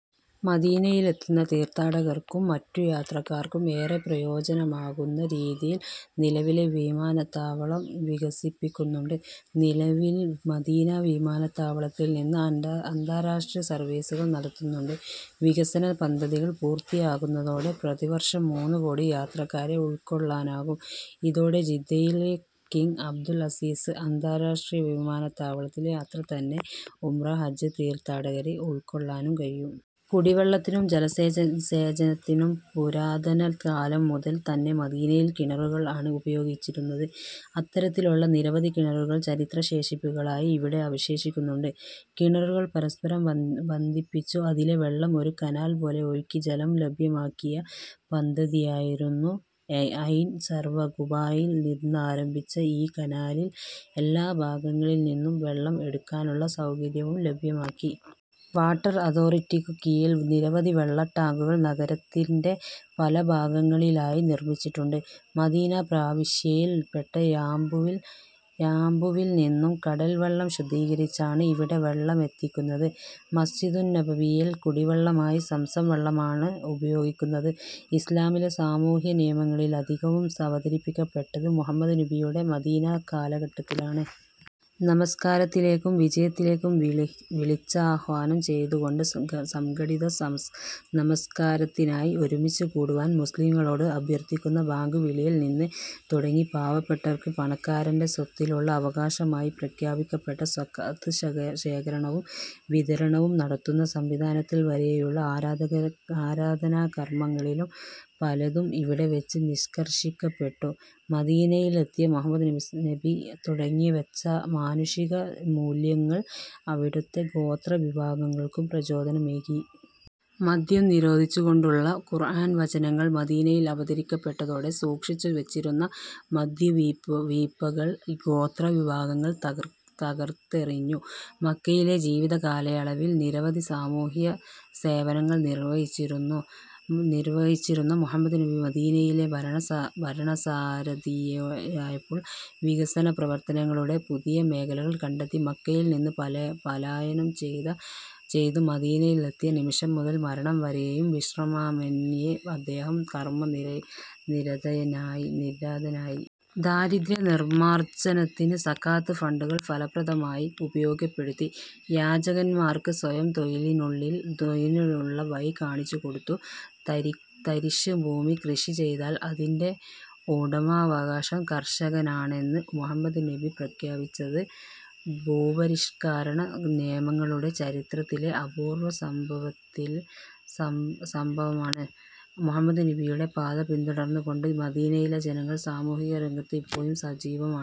മദീനയിലെത്തുന്ന തീർഥാടകർക്കും മറ്റു യാത്രക്കാർക്കും ഏറെ പ്രയോജനമാകുന്ന രീതിയിൽ നിലവിലെ വിമാനത്താവളം വികസിപ്പിക്കുന്നുണ്ട്. നിലവിൽ മദീന വിമാനത്താവളത്തിൽ നിന്ന് അന്താരാഷ്ട്ര സർവീസുകൾ നടത്തുന്നുണ്ട്. വികസന പദ്ധതികൾ പൂർത്തിയാകുന്നതോടെ പ്രതിവർഷം മൂന്നുകോടി യാത്രക്കാരെ ഉൾക്കൊള്ളാനാകും. ഇതോടെ ജിദ്ദയിലെ കിങ് അബ്ദുൽ അസീസ് അന്താരാഷ്ട്ര വിമാനത്താവളത്തിലെ അത്ര തന്നെ ഉംറ, ഹജ്ജ് തീർത്ഥാടകരെ ഉൾക്കൊള്ളാനും കഴിയും. കുടിവെള്ളത്തിനും ജലസേചനത്തിനും പുരാതന കാലം മുതൽ തന്നെ മദീനയിൽ കിണറുകൾ ആണ് ഉപയോഗിച്ചിരുന്നത്. അത്തരത്തിലുള്ള നിരവധി കിണറുകൾ ചരിത്ര ശേഷിപ്പുകളായി ഇവിടെ അവശേഷിക്കുന്നുണ്ട്. കിണറുകൾ പരസ്പരം ബന്ധിപ്പിച്ചു അതിലെ വെള്ളം ഒരു കനാൽ പോലെ ഒഴുക്കി ജലം ലഭ്യമാക്കിയ പദ്ധതിയായിരുന്നു ഐൻ സർഖ. ഖുബായിൽ നിന്നാരംഭിച്ച ഈ കനാലിൽ എല്ലാ ഭാഗങ്ങളിൽ നിന്നും വെള്ളം എടുക്കാനുള്ള സൗകര്യവും ലഭ്യമാക്കി. വാട്ടർ അതോറിറ്റിക്കു കീഴിൽ നിരവധി വെള്ള ടാങ്കുകൾ നഗരത്തിന്റെ പല ഭാഗങ്ങളിലായി നിർമിച്ചിട്ടുണ്ട്. മദീന പ്രവിശ്യയിൽ പെട്ട യാമ്പുവിൽ നിന്നും കടൽ വെള്ളം ശുദ്ധീകരിച്ചാണ് ഇവിടെ വെള്ളമെത്തിക്കുന്നത്. മസ്ജിദുന്നബവിയിൽ കുടിവെള്ളമായി സംസം വെള്ളമാണ് ഉപയോഗിക്കുന്നത്. ഇസ്ലാമിലെ സാമൂഹ്യ നിയമങ്ങളിലധികവും അവതരിക്കപ്പെട്ടത് മുഹമ്മദ് നബിയുടെ മദീനാ കാലഘട്ടത്തിലാണ്. നമസ്കാരത്തിലേക്കും വിജയത്തിലേക്കും വിളിച്ചാഹ്വാനം ചെയ്തുകൊണ്ട് സംഘടിത നമസ്കാരത്തിനായി ഒരുമിച്ച് കൂടുവാൻ മുസ്ലിംകളോട് അഭ്യർഥിക്കുന്ന ബാങ്കുവിളിയിൽ നിന്ന് തുടങ്ങി പാവപ്പെട്ടവർക്ക് പണക്കാരന്റെ സ്വത്തിലുള്ള അവകാശമായി പ്രഖ്യാപിക്കപ്പെട്ട സകാത്ത് ശേഖരണവും വിതരണവും നടത്തുന്ന സംവിധാനങ്ങൾ വരെയുള്ള ആരാധനാകർമങ്ങളിൽ പലതും ഇവിടെ വെച്ച് നിഷ്കർഷിക്കപ്പെട്ടു. മദീനയിലെത്തിയ മുഹമ്മദ് നബി തുടങ്ങിവെച്ച മാനുഷിക മൂല്യങ്ങൾ അവിടുത്തെ ഗോത്ര വിഭാഗങ്ങൾക്കും പ്രചോദനമേകി. മദ്യം നിരോധിച്ചുകൊണ്ടുള്ള ഖുർആൻ വചനങ്ങൾ മദീനയിൽ അവതരിക്കപ്പെട്ടതോടെ സൂക്ഷിച്ചു വെച്ചിരുന്ന മദ്യവീപ്പകൾ ഗോത്ര വിഭാഗങ്ങങ്ങൾ തകർത്തെറിഞ്ഞു. മക്കയിലെ ജീവിത കാലയളവിൽ നിരവധി സാമൂഹ്യ സേവനങ്ങൾ നിർവഹിച്ചിരുന്ന മുഹമ്മദ് നബി മദീനയിലെ ഭരണസാരഥിയായപ്പോൾ വികസന പ്രവർത്തനങ്ങളുടെ പുതിയ മേഖലകൾ കണ്ടെത്തി. മക്കയിൽ നിന്ന് പലായനം ചെയ്ത് മദീനയിൽ എത്തിയ നിമിഷം മുതൽ മരണം വരെയും വിശ്രമമന്യേ അദ്ദേഹം കർമ്മ നിരതനായി. ദാരിദ്ര്യ നിർമാർജ്ജനത്തിന് സക്കാത്ത് ഫണ്ടുകൾ ഫലപ്രദമായി ഉപയോഗപ്പെടുത്തി. യാചകന്മാർക്ക് സ്വയം തൊഴിലിനുള്ള വഴി കാണിച്ചുകൊടുത്തു. തരിശ് ഭൂമി കൃഷി ചെയ്താൽ അതിന്റെ ഉടമാവകാശം കർഷകനാണെന്ന് മുഹമ്മദ് നബി പ്രഖ്യാപിച്ചത് ഭൂപരിഷ്കരണ നിയമങ്ങളുടെ ചരിത്രത്തിലെ അപൂർവ സംഭവമാണ്. മുഹമ്മദ് നബിയുടെ പാത പിന്തുടർന്ന് കൊണ്ട് മദീനയിലെ ജനങ്ങൾ സാമൂഹിക രംഗത്ത് ഇപ്പോഴും സജീവമാണ്.